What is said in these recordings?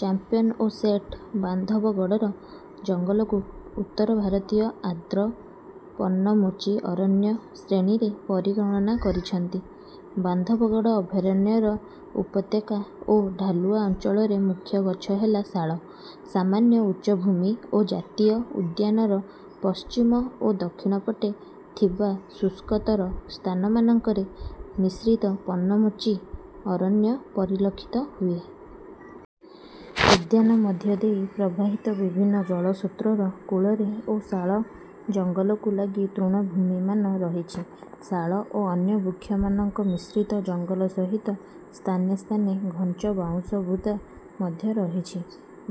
ଚାମ୍ପ୍ୟନ୍ ଓ ସେଠ ବାନ୍ଧବଗଡ଼ର ଜଙ୍ଗଲକୁ ଉତ୍ତର ଭାରତୀୟ ଆର୍ଦ୍ର ପର୍ଣ୍ଣମୋଚୀ ଅରଣ୍ୟ ଶ୍ରେଣୀରେ ପରିଗଣନା କରିଛନ୍ତି। ବାନ୍ଧବଗଡ଼ ଅଭୟାରଣ୍ୟର ଉପତ୍ୟକା ଓ ଢାଲୁଆ ଅଞ୍ଚଳରେ ମୁଖ୍ୟ ଗଛ ହେଲା ଶାଳ। ସାମାନ୍ୟ ଉଚ୍ଚ ଭୂମି ଓ ଜାତୀୟ ଉଦ୍ୟାନର ପଶ୍ଚିମ ଓ ଦକ୍ଷିଣ ପଟେ ଥିବା ଶୁଷ୍କତର ସ୍ଥାନମାନଙ୍କରେ ମିଶ୍ରିତ ପର୍ଣ୍ଣମୋଚୀ ଅରଣ୍ୟ ପରିଲକ୍ଷିତ ହୁଏ। ଉଦ୍ୟାନ ମଧ୍ୟ ଦେଇ ପ୍ରବାହିତ ବିଭିନ୍ନ ଜଳସୋତ୍ରର କୂଳରେ ଓ ଶାଳ ଜଙ୍ଗଲକୁ ଲାଗି ତୃଣଭୂମିମାନ ରହିଛି। ଶାଳ ଓ ଅନ୍ୟ ବୃକ୍ଷମାନଙ୍କ ମିଶ୍ରିତ ଜଙ୍ଗଲ ସହିତ ସ୍ଥାନେ ସ୍ଥାନେ ଘଞ୍ଚ ବାଉଁଶ ବୁଦା ମଧ୍ୟ ରହିଛି।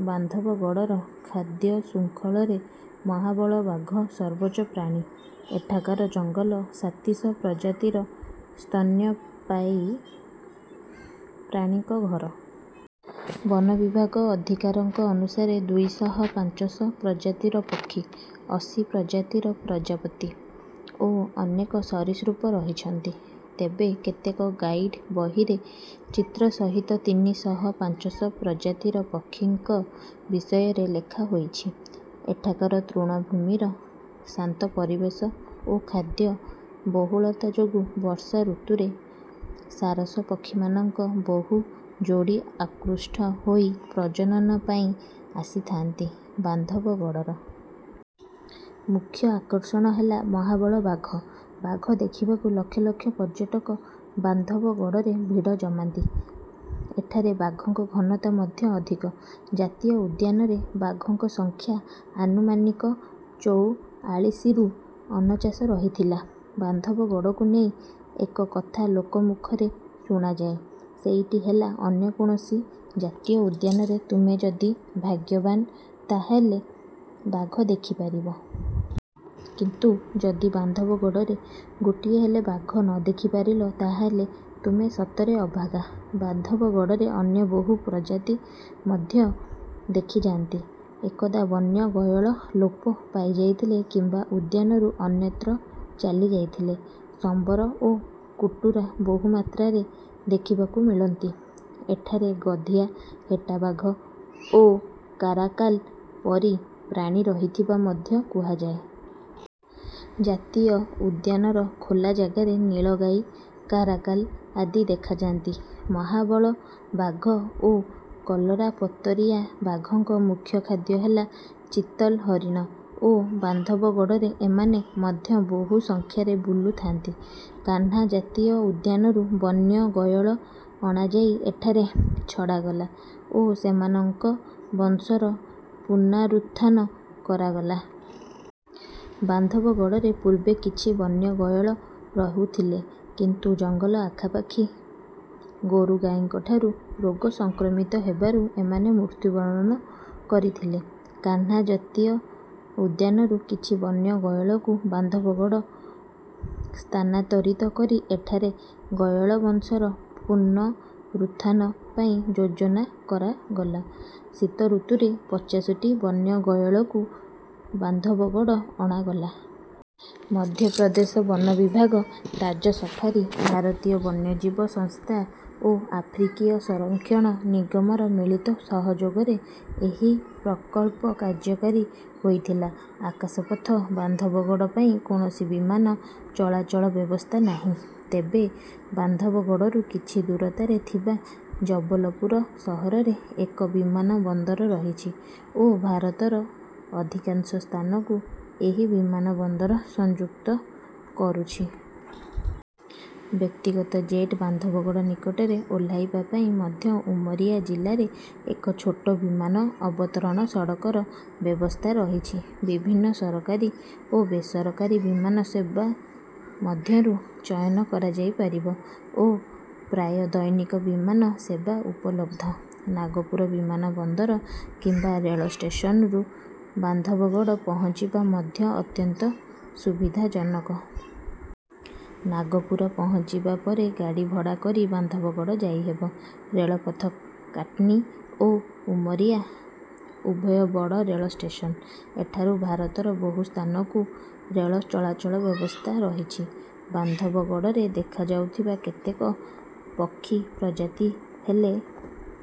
ବାନ୍ଧବଗଡ଼ର ଖାଦ୍ୟଶୃଙ୍ଖଳରେ ମହାବଳ ବାଘ ସର୍ବୋଚ୍ଚ ପ୍ରାଣୀ। ଏଠାକାର ଜଙ୍ଗଲ ସାତିଶ ପ୍ରଜାତିର ସ୍ତନ୍ୟପାୟୀ ପ୍ରାଣୀଙ୍କ ଘର। ବନ ବିଭାଗ ଅଧିକାରୀଙ୍କ ଅନୁସାରେ ଦୁଇ ଶହ ପାଞ୍ଚଶ ପ୍ରଜାତିର ପକ୍ଷୀ, ଅଶୀ ପ୍ରଜାତିର ପ୍ରଜାପତି ଓ ଅନେକ ସରୀସୃପ ରହିଛନ୍ତି। ତେବେ କେତେକ ଗାଇଡ୍ ବହିରେ ଚିତ୍ର ସହିତ ତିନି ଶହ ପାଞ୍ଚଶ ପ୍ରଜାତିର ପକ୍ଷୀଙ୍କ ବିଷୟରେ ଲେଖା ହୋଇଛି। ଏଠାକାର ତୃଣଭୂମିର ଶାନ୍ତ ପରିବେଶ ଓ ଖାଦ୍ୟ ବହୁଳତା ଯୋଗୁଁ ବର୍ଷାଋତୁରେ ସାରସ ପକ୍ଷୀମାନଙ୍କ ବହୁ ଯୋଡ଼ି ଆକୃଷ୍ଟ ହୋଇ ପ୍ରଜନନ ପାଇଁ ଆସିଥାନ୍ତି। ବାନ୍ଧବଗଡ଼ର ମୁଖ୍ୟ ଆକର୍ଷଣ ହେଲା ମହାବଳ ବାଘ। ବାଘ ଦେଖିବାକୁ ଲକ୍ଷ ଲକ୍ଷ ପର୍ଯ୍ୟଟକ ବାନ୍ଧବଗଡ଼ରେ ଭିଡ଼ ଜମାନ୍ତି। ଏଠାରେ ବାଘଙ୍କ ଘନତା ମଧ୍ୟ ଅଧିକ। ଜାତୀୟ ଉଦ୍ୟାନରେ ବାଘଙ୍କ ସଂଖ୍ୟା ଆନୁମାନିକ ଚୌଆଳିଶିରୁ ଅନଚାଶ ରହିଥିଲା। ବାନ୍ଧବଗଡ଼କୁ ନେଇ ଏକ କଥା ଲୋକମୁଖରେ ଶୁଣାଯାଏ। ସେଇଟି ହେଲା ଅନ୍ୟ କୌଣସି ଜାତୀୟ ଉଦ୍ୟାନରେ ତୁମେ ଯଦି ଭାଗ୍ୟବାନ୍, ତାହେଲେ ବାଘ ଦେଖିପାରିବ। କିନ୍ତୁ ଯଦି ବାନ୍ଧବଗଡ଼ରେ ଗୋଟିଏ ହେଲେ ବାଘ ନ ଦେଖିପାରିଲ, ତାହେଲେ ତୁମେ ସତରେ ଅଭାଗା। ବାନ୍ଧବଗଡ଼ରେ ଅନ୍ୟ ବହୁ ପ୍ରଜାତି ମଧ୍ୟ ଦେଖୀଯାନ୍ତି। ଏକଦା ବନ୍ୟ ଗୟଳ ଲୋପ ପାଇଯାଇଥିଲେ କିମ୍ବା ଉଦ୍ୟାନରୁ ଅନ୍ୟତ୍ର ଚାଲିଯାଇଥିଲେ। ସମ୍ବର ଓ କୁଟୁରା ବହୁମାତ୍ରାରେ ଦେଖିବାକୁ ମିଳନ୍ତି। ଏଠାରେ ଗଧିଆ, ହେଟା ବାଘ ଓ କାରାକାଲ୍ ପରି ପ୍ରାଣୀ ରହିଥିବା ମଧ୍ୟ କୁହାଯାଏ। ଜାତୀୟ ଉଦ୍ୟାନର ଖୋଲା ଜାଗାରେ ନୀଳଗାଈ, କାରାକାଲ୍ ଆଦି ଦେଖାଯାନ୍ତି। ମହାବଳ ବାଘ ଓ କଲରାପତରିଆ ବାଘଙ୍କ ମୁଖ୍ୟ ଖାଦ୍ୟ ହେଲା ଚିତଲ୍ ହରିଣ ଓ ବାନ୍ଧବଗଡ଼ରେ ଏମାନେ ମଧ୍ୟ ବହୁ ସଂଖ୍ୟାରେ ବୁଲୁଥାନ୍ତି। କାହ୍ନା ଜାତୀୟ ଉଦ୍ୟାନରୁ ବନ୍ୟ ଗୟଳ ଅଣାଯାଇ ଏଠାରେ ଛଡ଼ାଗଲା ଓ ସେମାନଙ୍କ ବଂଶର ପୁନରୁତ୍ଥାନ କରାଗଲା। ବାନ୍ଧବଗଡ଼ରେ ପୂର୍ବେ କିଛି ବନ୍ୟ ଗୟଳ ରହୁଥିଲେ। କିନ୍ତୁ ଜଙ୍ଗଲ ଆଖାପାଖି ଗୋରୁଗାଈଙ୍କଠାରୁ ରୋଗ ସଂକ୍ରମିତ ହେବାରୁ ଏମାନେ ମୃତ୍ୟୁବରଣ କରିଥିଲେ। କାହ୍ନା ଜାତୀୟ ଉଦ୍ୟାନରୁ କିଛି ବନ୍ୟ ଗୟଳଙ୍କୁ ବାନ୍ଧବଗଡ଼ ସ୍ଥାନାନ୍ତରିତ କରି ଏଠାରେ ଗୟଳ ବଂଶର ପୁନରୁତ୍ଥାନ ପାଇଁ ଯୋଜନା କରାଗଲା। ଶୀତଋତୁରେ ପଚାଶଟି ବନ୍ୟ ଗୟଳଙ୍କୁ ବାନ୍ଧବଗଡ଼ ଅଣାଗଲା। ମଧ୍ୟପ୍ରଦେଶ ବନ ବିଭାଗ, ତାଜ ସଫାରୀ, ଭାରତୀୟ ବନ୍ୟଜୀବ ସଂସ୍ଥା ଓ ଆଫ୍ରିକୀୟ ସଂରକ୍ଷଣ ନିଗମର ମିଳିତ ସହଯୋଗରେ ଏହି ପ୍ରକଳ୍ପ କାର୍ଯ୍ୟକାରୀ ହୋଇଥିଲା। ଆକାଶପଥ ବାନ୍ଧବଗଡ଼ ପାଇଁ କୌଣସି ବିମାନ ଚଳାଚଳ ବ୍ୟବସ୍ଥା ନାହିଁ। ତେବେ ବାନ୍ଧବଗଡ଼ରୁ କିଛି ଦୂରତାରେ ଥିବା ଜବଲପୁର ସହରରେ ଏକ ବିମାନବନ୍ଦର ରହିଛି ଓ ଭାରତର ଅଧିକାଂଶ ସ୍ଥାନକୁ ଏହି ବିମାନବନ୍ଦର ସଂଯୁକ୍ତ କରୁଛି। ବ୍ୟକ୍ତିଗତ ଜେଟ୍ ବାନ୍ଧବଗଡ଼ ନିକଟରେ ଓହ୍ଲାଇବା ପାଇଁ ମଧ୍ୟ ଉମରିଆ ଜିଲ୍ଲାରେ ଏକ ଛୋଟ ବିମାନ ଅବତରଣ ସଡ଼କର ବ୍ୟବସ୍ଥା ରହିଛି। ବିଭିନ୍ନ ସରକାରୀ ଓ ବେସରକାରୀ ବିମାନ ସେବା ମଧ୍ୟରୁ ଚୟନ କରାଯାଇପାରିବ ଓ ପ୍ରାୟ ଦୈନିକ ବିମାନ ସେବା ଉପଲବ୍ଧ। ନାଗପୁର ବିମାନବନ୍ଦର କିମ୍ବା ରେଳ ଷ୍ଟେସନରୁ ବାନ୍ଧବଗଡ଼ ପହଞ୍ଚିବା ମଧ୍ୟ ଅତ୍ୟନ୍ତ ସୁବିଧାଜନକ। ନାଗପୁର ପହଞ୍ଚିବା ପରେ ଗାଡ଼ି ଭଡ଼ା କରି ବାନ୍ଧବଗଡ଼ ଯାଇହେବ। ରେଳପଥ କାଟ୍ନି ଓ ଉମରିଆ ଉଭୟ ବଡ଼ ରେଳ ଷ୍ଟେସନ୍। ଏଠାରୁ ଭାରତର ବହୁ ସ୍ଥାନକୁ ରେଳ ଚଳାଚଳ ବ୍ୟବସ୍ଥା ରହିଛି। ବାନ୍ଧବଗଡ଼ରେ ଦେଖାଯାଉଥିବା କେତେକ ପକ୍ଷୀ ପ୍ରଜାତି ହେଲେ--